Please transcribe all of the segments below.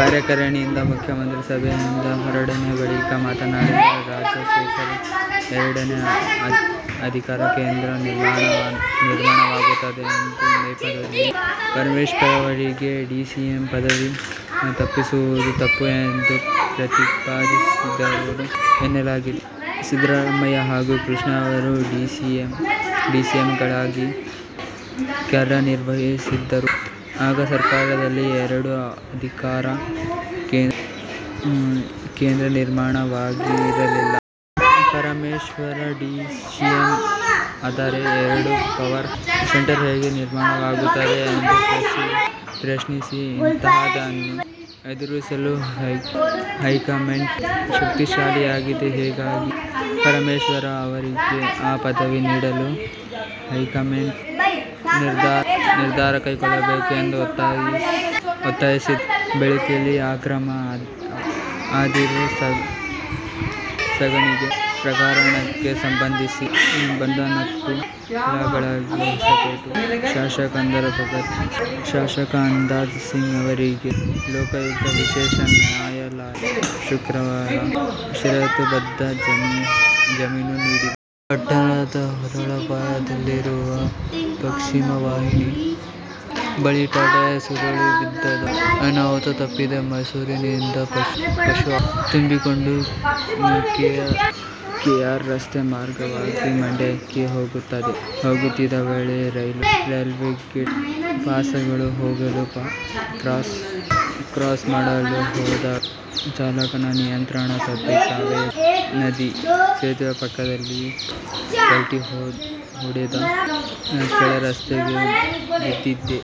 ಕಾರ್ಯಕಾರಿಣಿಯಿಂದ ಮುಖ್ಯ ಮಂತ್ರಿ ಸಭೆಯಿಂದ ಹೊರನಡೆದ ಬಳಿಕ ಮಾತನಾಡಿದ ರಾಜಶೇಖರನ್, ಎರಡು ಅಧಿಕಾರ ಕೇಂದ್ರ ನಿರ್ಮಾಣವಾಗುತ್ತದೆ ಎಂಬ ನೆಪದಲ್ಲಿ ಪರಮೇಶ್ವರ್ಗೆ ಡಿಸಿಎಂ ಪದವಿ ತಪ್ಪಿಸುವುದು ತಪ್ಪು ಎಂದು ಪ್ರತಿಪಾದಿಸಿದರು ಎನ್ನಲಾಗಿದೆ. ಸಿದ್ದರಾಮಯ್ಯ ಹಾಗೂ ಕೃಷ್ಣ ಅವರು ಡಿಸಿಎಂಗಳಾಗಿ ಕಾರ್ಯ ನಿರ್ವಹಿಸಿದ್ದರು. ಆಗ ಸರ್ಕಾರದಲ್ಲಿ ಎರಡು ಅಧಿಕಾರ ಕೇಂದ್ರ ನಿರ್ಮಾಣವಾಗಿರಲಿಲ್ಲ. ಪರಮೇಶ್ವರ್ ಡಿಸಿಎಂ ಆದರೆ ಎರಡು ಪವರ್ ಸೆಂಟರ್ ಹೇಗೆ ನಿರ್ಮಾಣವಾಗುತ್ತದೆ ಎಂದು ಪ್ರಶ್ನಿಸಿ, ಇಂತಹದನ್ನು ಎದುರಿಸಲು ಹೈಕಮಾಂಡ್ ಶಕ್ತಿಶಾಲಿಯಾಗಿದೆ. ಹೀಗಾಗಿ ಪರಮೇಶ್ವರ್ ಅವರಿಗೆ ಆ ಪದವಿ ನೀಡಲು ಹೈಕಮಾಂಡ್ ನಿರ್ಧಾರ ಕೈಗೊಳ್ಳಬೇಕು ಎಂದು ಒತ್ತಾಯಿಸಿದರು. ಬೇಲಿಕೇರಿ ಅಕ್ರಮ ಅದಿರು ಸಾಗಾಣಿಕೆ ಪ್ರಕರಣಕ್ಕೆ ಸಂಬಂಧಿಸಿ ಬಂಧನಕ್ಕೊಳಗಾಗಿದ್ದ ಹೊಸಪೇಟೆ ಶಾಸಕ ಆನಂದ್ ಸಿಂಗ್ ಅವರಿಗೆ ಲೋಕಾಯುಕ್ತ ವಿಶೇಷ ನ್ಯಾಯಾಲಯ ಶುಕ್ರವಾರ ಷರತ್ತು ಬದ್ಧ ಜಾಮೀನು ನೀಡಿದೆ. ಪಟ್ಟಣದ ಹೊರವಲಯದಲ್ಲಿರುವ ಪಶ್ಚಿಮವಾಹಿನಿ ಬಳಿ ಟಾಟಾ ಏಸ್ ಉರುಳಿ ಬಿದ್ದಿದ್ದು, ಅನಾಹುತ ತಪ್ಪಿದೆ. ಮೈಸೂರಿನಿಂದ ಪಶು ಆಹಾರ ತುಂಬಿಕೊಂಡು ಕೆಆರ್ಎಸ್ ರಸ್ತೆ ಮಾರ್ಗವಾಗಿ ಮಂಡ್ಯಕ್ಕೆ ಹೋಗುತ್ತಿದ್ದ ವೇಳೆ ರೈಲ್ವೆ ಗೇಟ್ ಪಾಸಾಗಲು ಹೋಗಲು ಕ್ರಾಸ್ ಮಾಡಲು ಹೋದಾಗ ಚಾಲಕನ ನಿಯಂತ್ರಣ ತಪ್ಪಿ ಕಾವೇರಿ ನದಿ ಸೇತುವೆ ಪಕ್ಕದಲ್ಲಿ ಪಲ್ಟಿ ಹೊಡೆದು ಕೆಳ ರಸ್ತೆಗೆ ಬಿದ್ದಿದೆ.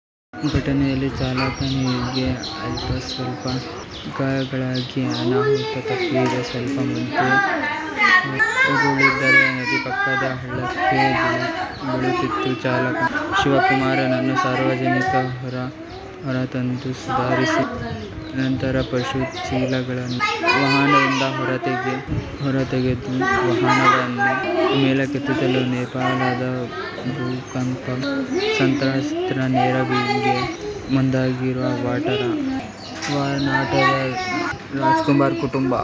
ಘಟನೆಯಲ್ಲಿ ಚಾಲಕನಿಗೆ ಅಲ್ಪಸ್ವಲ್ಪ ಗಾಯವಾಗಿ ಅನಾಹುತ ತಪ್ಪಿದೆ. ಸ್ವಲ್ಪ ಮುಂದೆ ಉರುಳಿದ್ದರೆ ನದಿ ಪಕ್ಕದ ಹಳ್ಳಕ್ಕೆ ಬೀಳುತ್ತಿತ್ತು. ಚಾಲಕ ಶಿವಕುಮಾರನನ್ನು ಸಾರ್ವಜನಿಕರು ಹೊರ ತಂದು ಸುಧಾರಿಸಿ ನಂತರ ಪಶು ಚೀಲಗಳನ್ನು ವಾಹನದಿಂದ ಹೊರತೆಗೆದು ವಾಹನವನ್ನು ಮೇಲಕ್ಕೆತ್ತಿದರು. ನೇಪಾಳ ಭೂಕಂಪ ಸಂತ್ರಸ್ತರ ನೆರವಿಗೆ ಮುಂದಾಗಿರುವ ವರನಟ ಡಾ. ರಾಜ್ಕುಮಾರ್ ಕುಟುಂಬ